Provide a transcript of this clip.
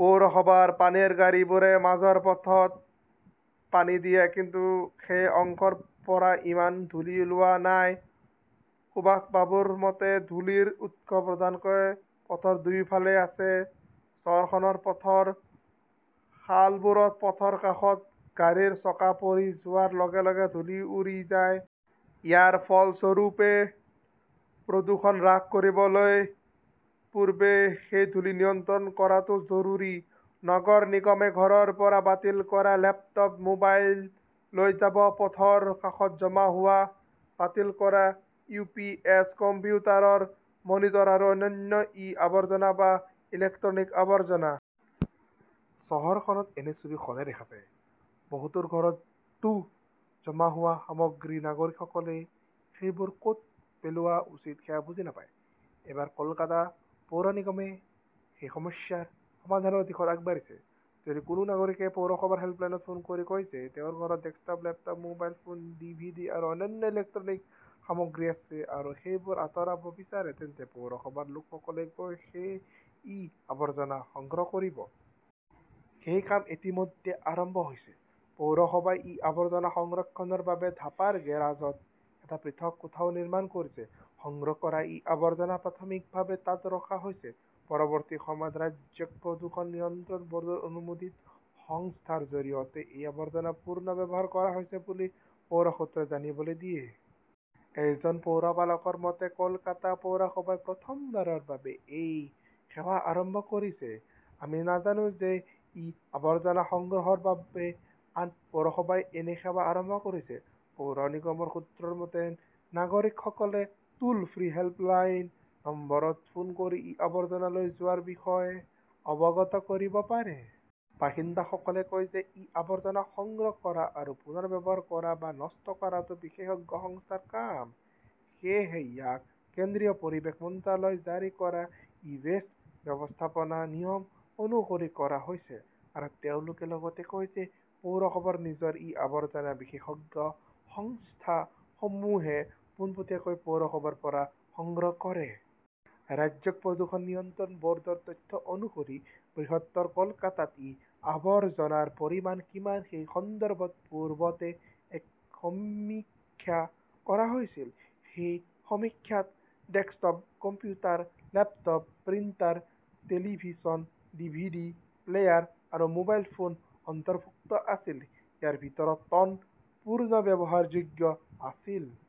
পৌৰসভাৰ পানীৰ গাড়ীবোৰে মাজৰ পথত পানী দিয়ে। কিন্তু সেই অংশৰ পৰা ইমান ধূলি ওলোৱা নাই। সুভাষ বাবুৰ মতে, ধূলিৰ উৎস প্ৰধানকৈ পথৰ দুয়োফালে আছে। চহৰখনৰ পথৰ পালবোৰত পথৰ কাষত গাড়ীৰ চকা পৰি যোৱাৰ লগে-লগে ধূলি উৰি যায়। ইয়াৰ ফলস্বৰূপে, প্ৰদূষণ হ্ৰাস কৰিবলৈ পূৰ্বে সেই ধূলি নিয়ন্ত্ৰণ কৰাটো জৰুৰী। নগৰ নিগমে ঘৰৰ পৰা বাতিল কৰা লেপটপ, মোবাইল লৈ যাব পথৰ কাষত জমা হোৱা বাতিল কৰা ইউ. পি. এছ., কম্পিউটাৰৰ মনিটৰ আৰু অন্যান্য ই-আৱৰ্জনা বা ইলেক্ট্ৰনিক আৱৰ্জনা। চহৰখনত এনে ছবি সদায় দেখা যায়। বহুতোৰ ঘৰতো জমা হোৱা সামগ্ৰী। নাগৰিকসকলে সেইবোৰ কত পেলোৱা উচিত সেয়া বুজি নাপায়। এইবাৰ কলকাতা পৌৰ নিগমে সেই সমস্যাৰ সমাধানৰ দিশত আগবাঢ়িছে। যদি কোনো নাগৰিকে পৌৰসভাৰ হেল্পলাইনত ফোন কৰি কয় যে তেওঁৰ ঘৰত desktop, laptop, mobile phone, DVD আৰু অন্যান্য ইলেক্ট্ৰনিক সামগ্ৰী আছে আৰু সেইবোৰ আঁতৰাব বিচাৰে, তেন্তে পৌৰসভাৰ লোকসকলে গৈ সেই ই-আৱৰ্জনা সংগ্ৰহ কৰিব। সেই কাম ইতিমধ্যে আৰম্ভ হৈছে। পৌৰসভাই ই-আৱৰ্জনা সংৰক্ষণৰ বাবে ধাপাৰ গেৰাজত এটা পৃথক কোঠাও নিৰ্মাণ কৰিছে। সংগ্ৰহ কৰা ই-আৱৰ্জনা প্ৰাথমিকভাৱে তাত ৰখা হৈছে। পৰৱৰ্তী সময়ত ৰাজ্যিক প্ৰদূষণ নিয়ন্ত্ৰণ বৰ্ডৰ অনুমোদিত সংস্থাৰ জৰিয়তে এই আৱৰ্জনা পুনৰ্ব্যৱহাৰ কৰা হৈছে বুলি পৌৰ সূত্ৰই জানিবলৈ দিয়ে। এজন পৌৰপালকৰ মতে, কলকাতা পৌৰসভাই প্ৰথমবাৰৰ বাবে এই সেৱা আৰম্ভ কৰিছে। আমি নাজানো যে ই-আৱৰ্জনা সংগ্ৰহৰ বাবে আন পৌৰসভাই এনে সেৱা আৰম্ভ কৰিছে। পৌৰ নিগমৰ সূত্ৰৰ মতে, নাগৰিকসকলে টোল-ফ্ৰী হেল্প লাইন নম্বৰত ফোন কৰি ই-আৱৰ্জনা লৈ যোৱাৰ বিষয়ে অৱগত কৰিব পাৰে। বাসিন্দাসকলে কয় যে ই-আৱৰ্জনা সংগ্ৰহ কৰা আৰু পুনৰ ব্যৱহাৰ কৰা বা নষ্ট কৰাটো বিশেষজ্ঞ সংস্থাৰ কাম। সেয়েহে ইয়াক কেন্দ্ৰীয় পৰিৱেশ মন্ত্ৰালয়ে জাৰি কৰা 'ই-ৱেষ্ট ব্যৱস্থাপনা নিয়ম, অনুসৰি কৰা হৈছে। আৰু তেওঁলোকে লগতে কয় যে পৌৰসভাৰ নিজৰ ই-আৱৰ্জনা বিশেষজ্ঞ সংস্থাসমূহে পোনপটীয়াকৈ পৌৰসভাৰ পৰা সংগ্ৰহ কৰে। ৰাজ্যিক প্ৰদূষণ নিয়ন্ত্ৰণ বৰ্ডৰ তথ্য অনুসৰি বৃহত্তৰ কলকাতাত ই-আৱৰ্জনাৰ পৰিমাণ কিমান সেই সন্দৰ্ভত পূৰ্বতে এক সমীক্ষা কৰা হৈছিল। এই সমীক্ষাত desktop computer, laptop, printer, television, DVD player আৰু মোবাইল ফোন অন্তৰ্ভুক্ত আছিল। ইয়াৰ ভিতৰত টন পুনৰ্ব্যৱহাৰযোগ্য আছিল।